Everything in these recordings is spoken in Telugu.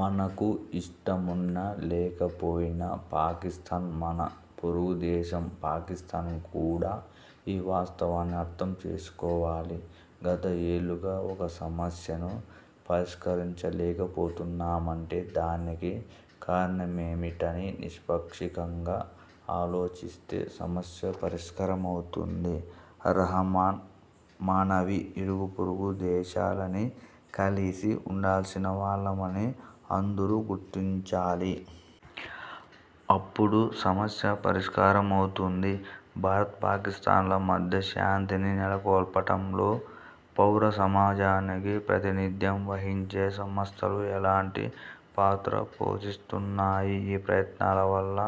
మనకు ఇష్టమున్నా లేకపోయినా పాకిస్థాన్ మన పొరుగు దేశం. పాకిస్థాన్ కూడా ఈ వాస్తవాన్ని అర్థం చేసుకోవాలి. గత ఏళ్లుగా ఒక సమస్యను పరిష్కరించలేపోతున్నామంటే- దానికి కారణమేమిటని నిష్పాక్షికంగా ఆలోచిస్తే సమస్య పరిష్కారమవుతుంది. రహమాన్: మనవి ఇరుగుపొరుగు దేశాలని కలిసి ఉండాల్సిన వాళ్లమని అందరూ గుర్తించాలి. అప్పుడు సమస్య పరిష్కారమవుతుంది. భారత్, పాకిస్థాన్ల మధ్య శాంతిని నెలకొల్పటంలో పౌర సమాజానికి ప్రాతినిధ్యం వహించే సంస్థలు ఎలాంటి పాత్ర పోషిస్తున్నాయి? ఈ ప్రయత్నాల వల్ల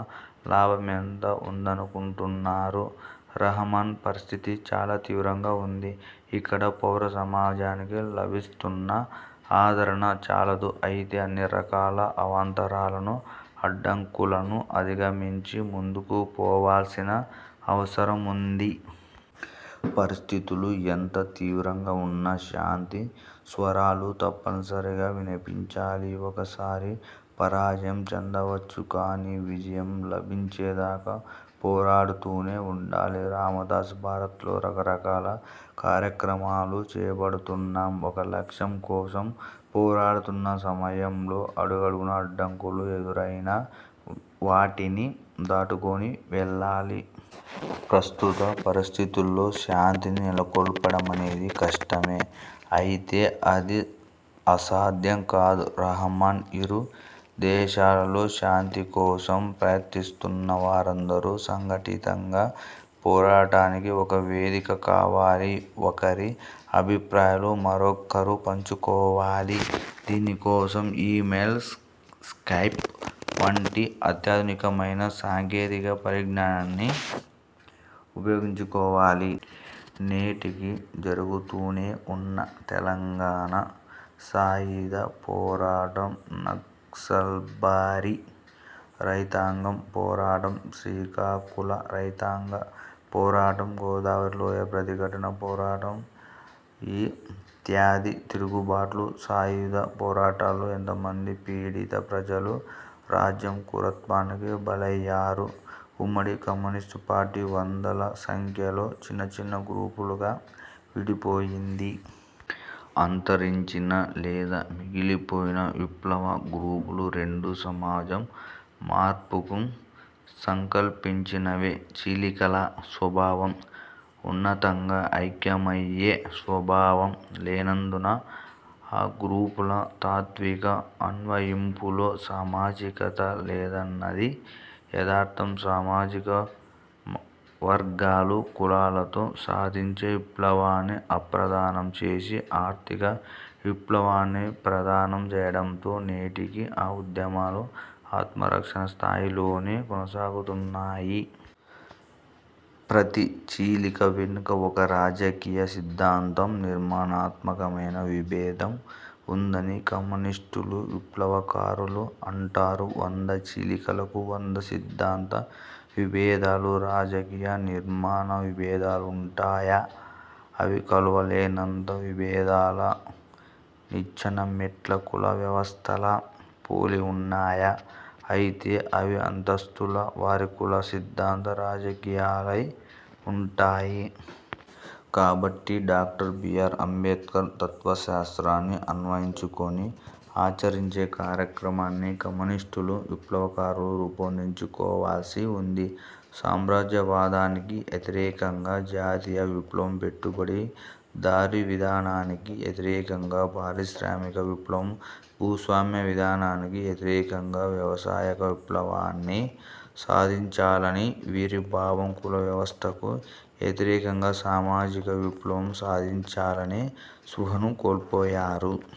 లాభమెంత ఉందనుకుంటున్నారు? రహమాన్: పరిస్థితి చాలా తీవ్రంగా ఉంది. ఇక్కడ పౌర సమాజానికి లభిస్తున్న ఆదరణ చాలదు. అయితే అన్ని రకాల అవాంతరాలను, అడ్డంకులను అధిగమించి ముందుకు పోవాల్సిన అవసరముంది. పరిస్థితులు ఎంత తీవ్రంగా ఉన్నా- శాంతి స్వరాలు తప్పనిసరిగా వినిపించాలి. ఒక సారి పరాజయం చెందవచ్చు. కానీ విజయం లభించేదాకా పోరాడుతూనే ఉండాలి. రామదాస్: భారత్లో రకరకాల కార్యక్రమాలు చేపడుతున్నాం. ఒక లక్ష్యం కోసం పోరాడుతున్న సమయంలో అడుగడుగునా అడ్డంకులు ఎదురయినా వాటిని దాటుకొని వెళ్లాలి. ప్రస్తుత పరిస్థితుల్లో శాంతిని నెలకొల్పడమనేది కష్టమే. అయితే అది అసాధ్యం కాదు. రహమాన్: ఇరు దేశాలలో శాంతి కోసం ప్రయత్నిస్తున్నవారందరూ సంఘటితంగా పోరాడటానికి ఒక వేదిక కావాలి. ఒకరి అభిప్రాయాలు మరొకరు పంచుకోవాలి. దీని కోసం ఈ–మెయిల్స్, స్కైప్ వంటి అత్యాధునికమైన సాంకేతిక పరిజ్ఞానాన్ని ఉపయోగించుకోవాలి. నేటికీ జరుగుతూనే ఉన్నాయి. తెలంగాణ సాయుధ పోరాటం, నక్సల్బరీ రైతాంగం పోరాటం, శ్రీకాకుళ రైతాంగ పోరాటం, గోదావరి లోయ ప్రతిఘటన పోరాటం ఇత్యాది తిరుగుబాట్లు, సాయుధ పోరాటాల్లో ఎంతోమంది పీడిత ప్రజలు రాజ్యం క్రూరత్వానికి బలయ్యారు. ఉమ్మడి కమ్యూనిస్టు పార్టీ వందల సంఖ్యలో చిన్నచిన్న గ్రూపులుగా విడిపోయింది. అంతరించిన లేదా మిగిలిపోయిన విప్లవ గ్రూపులు రెండూ సమాజం మార్పుకు సంకల్పించినవే. చీలికల స్వభావం ఉన్నంతగా ఐక్యమయ్యే స్వభావం లేనందున ఆ గ్రూపుల తాత్విక అన్వయింపులో సామాజికత లేదన్నది యదార్థం. సామాజిక వర్గాలు, కులాలతో సాధించే విప్లవాన్ని అప్రధానం చేసి, ఆర్థిక విప్లవాన్ని ప్రధానం చేయడంతో నేటికీ ఆ ఉద్యమాలు ఆత్మరక్షణ స్థాయిలోనే కొనసాగుతున్నాయి. ప్రతి చీలిక వెనుక ఒక రాజకీయ, సిద్ధాంత, నిర్మాణాత్మకమైన విభేదం వుందని కమ్యూనిస్టులు విప్లవకారులు అంటారు. వంద చీలికలకు వంద సిద్ధాంత విభేదాలు, రాజకీయ, నిర్మాణ విభేదాలుంటాయా? అవి కలువలేనంత విభేదాలా? నిచ్చెనమెట్ల కుల వ్యవస్థలా పోలివున్నాయా? అయితే అవి అంతస్తుల వారి కుల సిద్ధాంత, రాజకీయాలై వుంటాయి! కాబట్టి డాక్టర్ బి. ఆర్. అంబేడ్కర్ తత్వశాస్త్రాన్ని అన్వయించుకుని, ఆచరించే కార్యక్రమాన్ని కమ్యూనిస్టులు, విప్లవకారులు రూపొందించుకోవాల్సి వుంది. సామ్రాజ్యవాదానికి వ్యతిరేకంగా జాతీయ విప్లవం, పెట్టుబడి దారీవిధానానికి వ్యతిరేకంగా పారిశ్రామిక విప్లవం, భూస్వామ్య విధానానికి వ్యతిరేకంగా వ్యవసాయక విప్లవాన్ని సాధించాలని వీరి భావం. కులవ్యవస్థకు వ్యతిరేకంగా సామాజిక విప్లవం సాధించాలనే స్పృహను కోల్పోయారు.